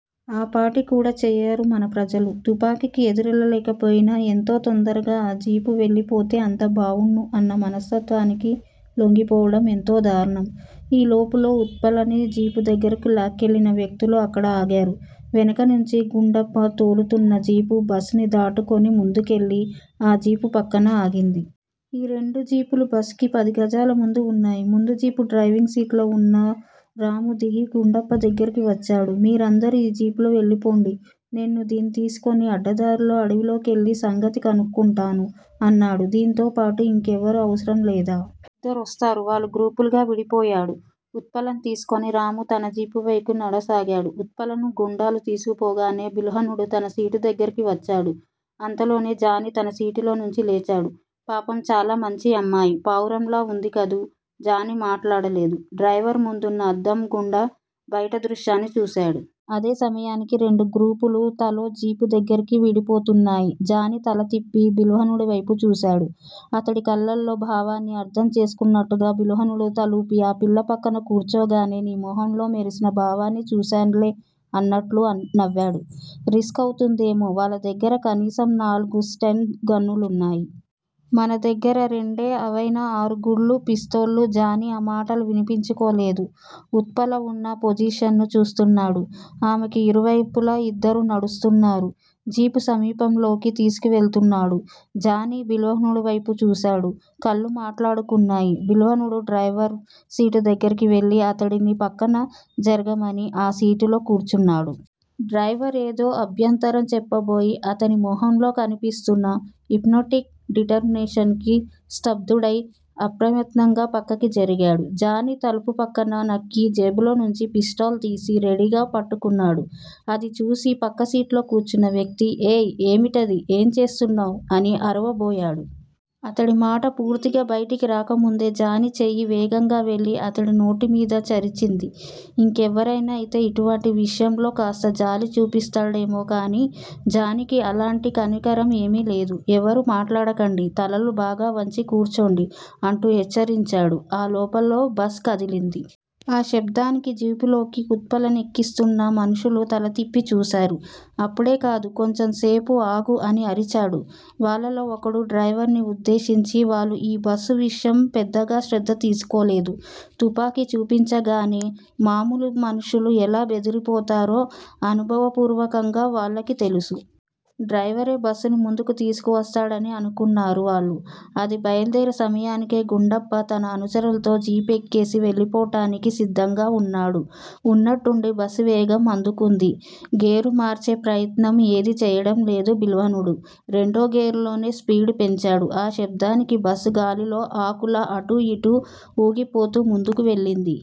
ఆపాటి కూడా చెయ్యరు మన ప్రజలు. తుపాకికి ఎదురెళ్ళలేకపొయినా, ఎంత తొందరగా ఆ జీపు వెళ్ళిపోతే అంత బావుణ్ణు అన్న మనస్తత్వానికి లొంగిపోవడం ఎంతో దారుణం. ఈ లోపులో ఉత్పలని జీపు దగ్గిరకు లాక్కెళ్ళిన వ్యక్తులు అక్కడ ఆగారు. వెనుక నుంచి గుండప్ప తోలుతున్న జీపు బస్ ని దాటుకుని ముందుకెళ్ళి ఆ జీపు పక్కన ఆగింది. ఈ రెండు జీపులూ బస్ కి పది గజాల ముందు వున్నాయి. ముందు జీపు డ్రైవింగ్ సీట్ లో వున్న రామూ దిగి గుండప్ప దగ్గిరకి వచ్చాడు. మీరందరూ ఈ జీపులో వెళ్ళిపొండి. నేను దీన్ని తీసుకుని అడ్డదారిలో అడవిలోకెళ్ళి సంగతి కనుక్కుంటాను అన్నాడు. నీతో పాటు ఇంకెవరూ అవసరం లేదా? ఇద్దరొస్తారు వాళ్ళు గ్రూపులుగా విడిపోయాడు. ఉత్పలని తీసుకొని రామూ తన జీపువైపుకి నడవసాగాడు. ఉత్పలని గుండాలు తీసుకుపోగానే బిల్హణుడు తన సీటు దగ్గిరకి వచ్చాడు అంతలోనే జానీ తన సీటులోంచి లేచాడు. పాపం చాలా మంచి అమ్మాయి. పావురంలా వుంది కదూ. జానీ మాట్లాడలేదు. డ్రైవర్ ముందున్న అద్దం గుండా బయట దృశ్యాన్ని చూశాడు. అదే సమయానికి రెండు గ్రూపులూ తలో జీపు దగ్గిరకి విడిపోతున్నాయి. జానీ తలతిప్పి బిల్హణుడివైపు చూశాడు. అతడి కళ్ళల్లో భావాన్ని అర్థం చేసుకున్నట్టుగా బిల్హణుడు తలూపి ఆ పిల్ల పక్కన కూర్చోగానే నీ మొహంలో మెరిసిన భావాల్ని చూసాన్లే అన్నట్టు నవ్వాడు. రిస్క్ అవుతుందేమో- వాళ్ళదగ్గిర కనీసం నాలుగు స్టెన్ గన్లున్నాయి. మన దగ్గిర రెండే అవైనా ఆరు గుళ్ళ పిస్తోళ్ళు. జానీ ఆ మాటలు వినిపించుకోలేదు. ఉత్పల వున్న పోజిషనుని చూస్తున్నాడు. ఆమెకి ఇరువైపులా ఇద్దరు నడుస్తున్నారు. జీపు సమీపంలోకి తీసుకువెళ్తున్నాడు. జానీ బిల్హణుడివైపు జూశాడు. కళ్ళు మాట్లాడుకున్నాయి. బిల్హణుడు డ్రైవర్ సీటు దగ్గరికి వెళ్ళి అతడిని పక్కకి జరగమని, ఆ సీటులో కూర్చొన్నాడు. డ్రైవర్ ఏదో అభ్యంతరం చెప్పబోయి, అతని మొహంలో కనిపిస్తున్నా హిప్నాటిక్ డిటర్మినేషన్ కి స్థబ్దుడై అప్రయత్నంగా పక్కకి జరిగాడు. జానీ తలుపు పక్కగా నక్కి జేబులోంచి పిస్టల్ తీసి రెడీగా పట్టుకున్నాడు. అది చూసి పక్కసీటులో కూర్చున్న వ్యక్తి ఏయ్, ఏమిటిది? ఏం చేస్తున్నావు అని అరవబోయాడు. అతడి మాట పూర్తిగా బయటికి రాకముందే జానీ చెయ్యి వేగంగా వెళ్ళి అతడినోటిమీద చరిచింది. ఇంకెవరైనా అయితే ఇటువంటి విషయాల్లో కాస్త జాలి చూపిస్తాడేమో గాని జానీకి అలాటి కనికరంఏమీ లేదు. ఎవరూ మాట్లాడకండి. తలలు బాగా వంచి కూర్చోండి అంటూ హెచ్చరించాడు. ఆ లోపులో బస్ కదిలింది. ఆ శబ్దానికి జీపులోకి ఉత్పలని ఎక్కిస్తున్న మనుష్యులు తలతిప్పి చూశారు. అప్పుడే కాదు. కొంచెం సేపు ఆగు అని అరిచాడు వాళ్ళలో ఒకడు డ్రైవర్ ని ఉద్దేశించి. వాళ్ళు ఈ బస్సు విషయం పెద్దగా శ్రద్ధ తీసుకోలేదు. తుపాకి చూపించగానే మామూలు మనుష్యులు ఎలా బెదిరిపోతారో అనుభవ పూర్వకంగా వాళ్ళకి తెలుసు. డ్రైవరే బస్సుని ముందుకు తీసుకువస్తున్నాడని అనుకున్నారు వాళ్ళు. అది బయల్దేరే సమయానికే గుండప్ప తన అనుచరులతో జీపు ఎక్కేసి వెళ్లిపోవటానికి సిద్ధంగా వున్నాడు. వున్నట్టుండి బస్సు వేగం అందుకుంది. గేరుమార్చే ప్రయత్నం ఏదీ చెయ్యడంలేదు బిల్హణుడు. రెండో గేరులోనే స్పీడు పెంచాడు. ఆ శబ్దానికి బస్ గాలిలో ఆకులా అటూ ఇటూ వూగిపోతూ ముందుకు వెళ్ళింది.